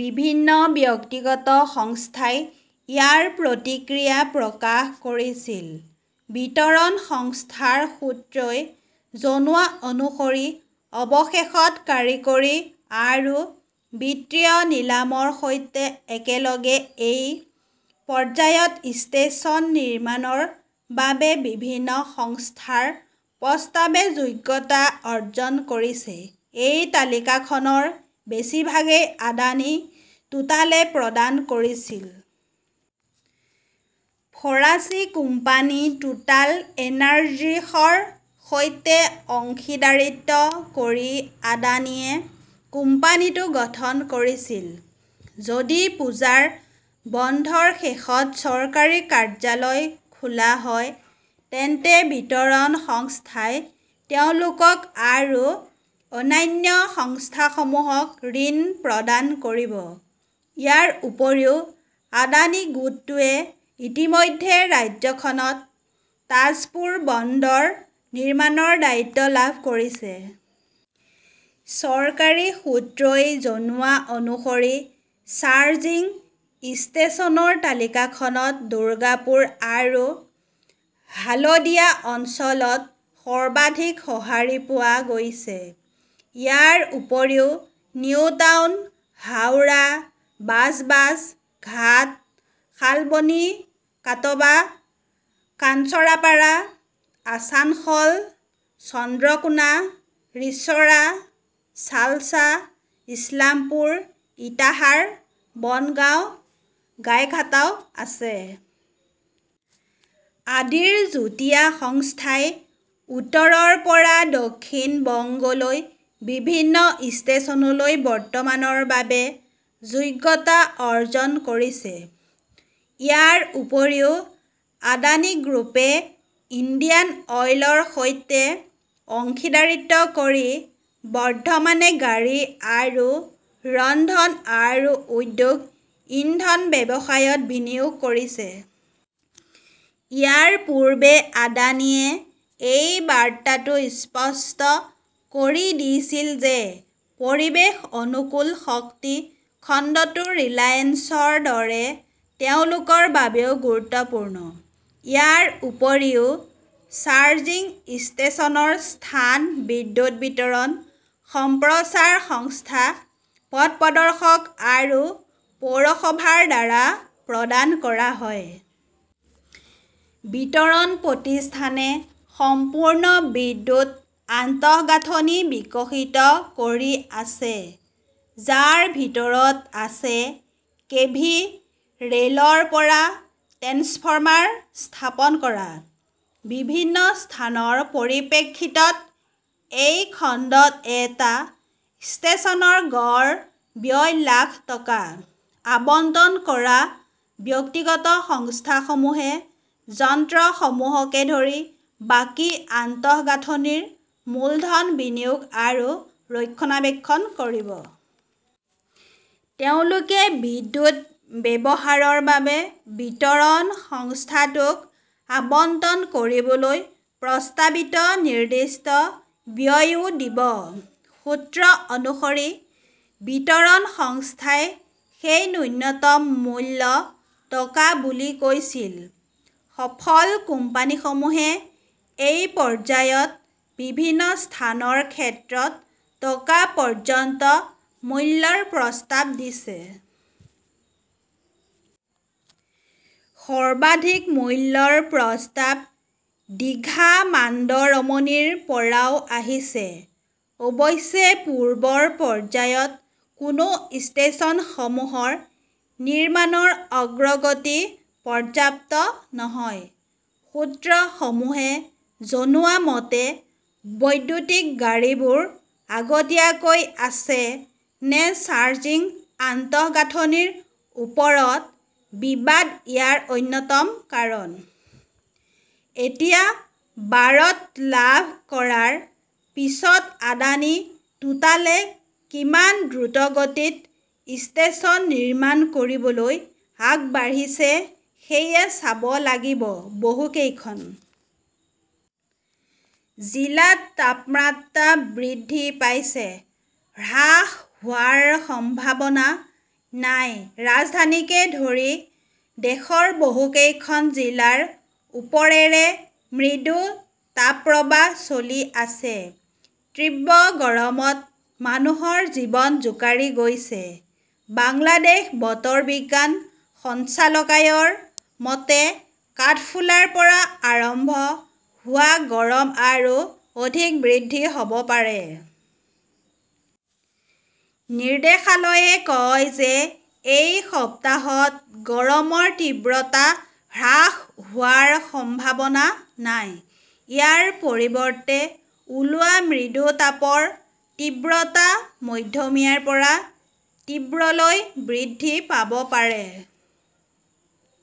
বিভিন্ন ব্যক্তিগত সংস্থাই ইয়াৰ প্ৰতিক্ৰিয়া প্ৰকাশ কৰিছিল। বিতৰণ সংস্থাৰ সূত্ৰই জনোৱা অনুসৰি অৱশেষত কাৰিকৰী আৰু বিত্তীয় নিলামৰ সৈতে একেলগে এই পৰ্যায়ত ষ্টেচন নিৰ্মাণৰ বাবে বিভিন্ন সংস্থাৰ প্ৰস্তাৱে যোগ্যতা অৰ্জন কৰিছে। এই তালিকাখনৰ বেছিভাগেই আদানী টোটালে প্ৰদান কৰিছিল। ফৰাচী কোম্পানী টোটাল এনাৰ্জিসৰ সৈতে অংশীদাৰীত্ব কৰি আদানীয়ে কোম্পানীটো গঠন কৰিছিল। যদি পূজাৰ বন্ধৰ শেষত চৰকাৰী কাৰ্যালয় খোলা হয়, তেন্তে বিতৰণ সংস্থাই তেওঁলোকক আৰু অন্যান্য সংস্থাসমূহক ঋণ প্ৰদান কৰিব। ইয়াৰ উপৰিও, আদানী গোটটোৱে ইতিমধ্যে ৰাজ্যখনত তাজপুৰ বন্দৰ নিৰ্মাণৰ দায়িত্ব লাভ কৰিছে। চৰকাৰী সূত্ৰই জনোৱা অনুসৰি চাৰ্জিং ষ্টেচনৰ তালিকাখনত দুৰ্গাপুৰ আৰু হালদিয়া অঞ্চলত সৰ্বাধিক সঁহাৰি পোৱা গৈছে। ইয়াৰ উপৰিও নিউটাউন, হাওৰা, বাজবাজ, ঘাট, শালবনী, কাটৱা, কাঞ্চৰাপাড়া, আছানসল, চন্দ্ৰকোনা, ৰিশ্বৰা, চালছা, ইছলামপুৰ, ইটাহাৰ, বনগাঁও, গাইঘাটাও আছে। আদিৰ যুটীয়া সংস্থাই উত্তৰৰ পৰা দক্ষিণ বংগলৈ বিভিন্ন ষ্টেচনলৈ বৰ্তমানৰ বাবে যোগ্যতা অৰ্জন কৰিছে। ইয়াৰ উপৰিও, আদানী গ্ৰুপে ইণ্ডিয়ান অইলৰ সৈতে অংশীদাৰীত্ব কৰি বৰ্ধমানে গাড়ী আৰু ৰন্ধন আৰু উদ্যোগ ইন্ধন ব্যৱসায়ত বিনিয়োগ কৰিছে। ইয়াৰ পূৰ্বে আদানীয়ে এই বাৰ্তাটো স্পষ্ট কৰি দিছিল যে পৰিৱেশ অনুকূল শক্তি খণ্ডটো ৰিলায়েন্সৰ দৰে তেওঁলোকৰ বাবেও গুৰুত্বপূৰ্ণ। ইয়াৰ উপৰিও, চাৰ্জিং ষ্টেচনৰ স্থান বিদ্যুৎ বিতৰণ, সম্প্ৰচাৰ সংস্থা, পথ প্ৰদৰ্শক আৰু পৌৰসভাৰ দ্বাৰা প্ৰদান কৰা হয়। বিতৰণ প্ৰতিষ্ঠানে সম্পূৰ্ণ বিদ্যুৎ আন্তঃগাঁথনি বিকশিত কৰি আছে, যাৰ ভিতৰত আছে কেভি ৰে 'লৰ পৰা ট্ৰেন্সফৰ্মাৰ স্থাপন কৰা। বিভিন্ন স্থানৰ পৰিপ্ৰেক্ষিতত এই খণ্ডত এটা ষ্টেচনৰ গড় ব্যয় লাখ টকা। আবণ্টন কৰা ব্যক্তিগত সংস্থাসমূহে যন্ত্ৰসমূহকে ধৰি বাকী আন্তঃগাঁথনিৰ মূলধন বিনিয়োগ আৰু ৰক্ষণাবেক্ষণ কৰিব। তেওঁলোকে বিদ্যুৎ ব্যৱহাৰৰ বাবে বিতৰণ সংস্থাটোক আবণ্টন কৰিবলৈ প্ৰস্তাৱিত নিৰ্দিষ্ট ব্যয়ও দিব। সূত্ৰ অনুসৰি, বিতৰণ সংস্থাই সেই ন্যূনতম মূল্য টকা বুলি কৈছিল। সফল কোম্পানীসমূহে এই পৰ্যায়ত বিভিন্ন স্থানৰ ক্ষেত্ৰত টকা পৰ্যন্ত মূল্যৰ প্ৰস্তাৱ দিছে। সৰ্বাধিক মূল্যৰ প্ৰস্তাৱ ডিঘা-মাণ্ডৰমনীৰ পৰাও আহিছে। অৱশ্যে পূৰ্বৰ পৰ্যায়ত কোনো ষ্টেচনসমূহৰ নিৰ্মাণৰ অগ্ৰগতি পৰ্যাপ্ত নহয়। সূত্ৰসমূহে জনোৱা মতে, বৈদ্যুতিক গাড়ীবোৰ আগতীয়াকৈ আছে নে চাৰ্জিং আন্তঃগাঁথনিৰ ওপৰত বিবাদ ইয়াৰ অন্যতম কাৰণ। এতিয়া বাৰত লাভ কৰাৰ পিছত আদানী টোটালে কিমান দ্ৰুতগতিত ষ্টেচন নিৰ্মাণ কৰিবলৈ আগবাঢ়িছে সেয়া চাব লাগিব। বহুকেইখন জিলাত তাপমাত্ৰা বৃদ্ধি পাইছে, হ্ৰাস হোৱাৰ সম্ভাৱনা নাই ৰাজধানীকে ধৰি দেশৰ বহুকেইখন জিলাৰ ওপৰেৰে মৃদু তাপপ্ৰবাহ চলি আছে। তীব্ৰ গৰমত মানুহৰ জীৱন জোকাৰি গৈছে। বাংলাদেশ বতৰ বিজ্ঞান সঞ্চালকায়ৰ মতে, কাঠফুলাৰ পৰা আৰম্ভ হোৱা গৰম আৰু অধিক বৃদ্ধি হব পাৰে। নিৰ্দেশালয়ে কয় যে এই সপ্তাহত গৰমৰ তীব্ৰতা হ্ৰাস হোৱাৰ সম্ভাৱনা নাই। ইয়াৰ পৰিৱৰ্তে, ওলোৱা মৃদু তাপৰ তীব্ৰতা মধ্যমীয়াৰ পৰা তীব্ৰলৈ বৃদ্ধি পাব পাৰে।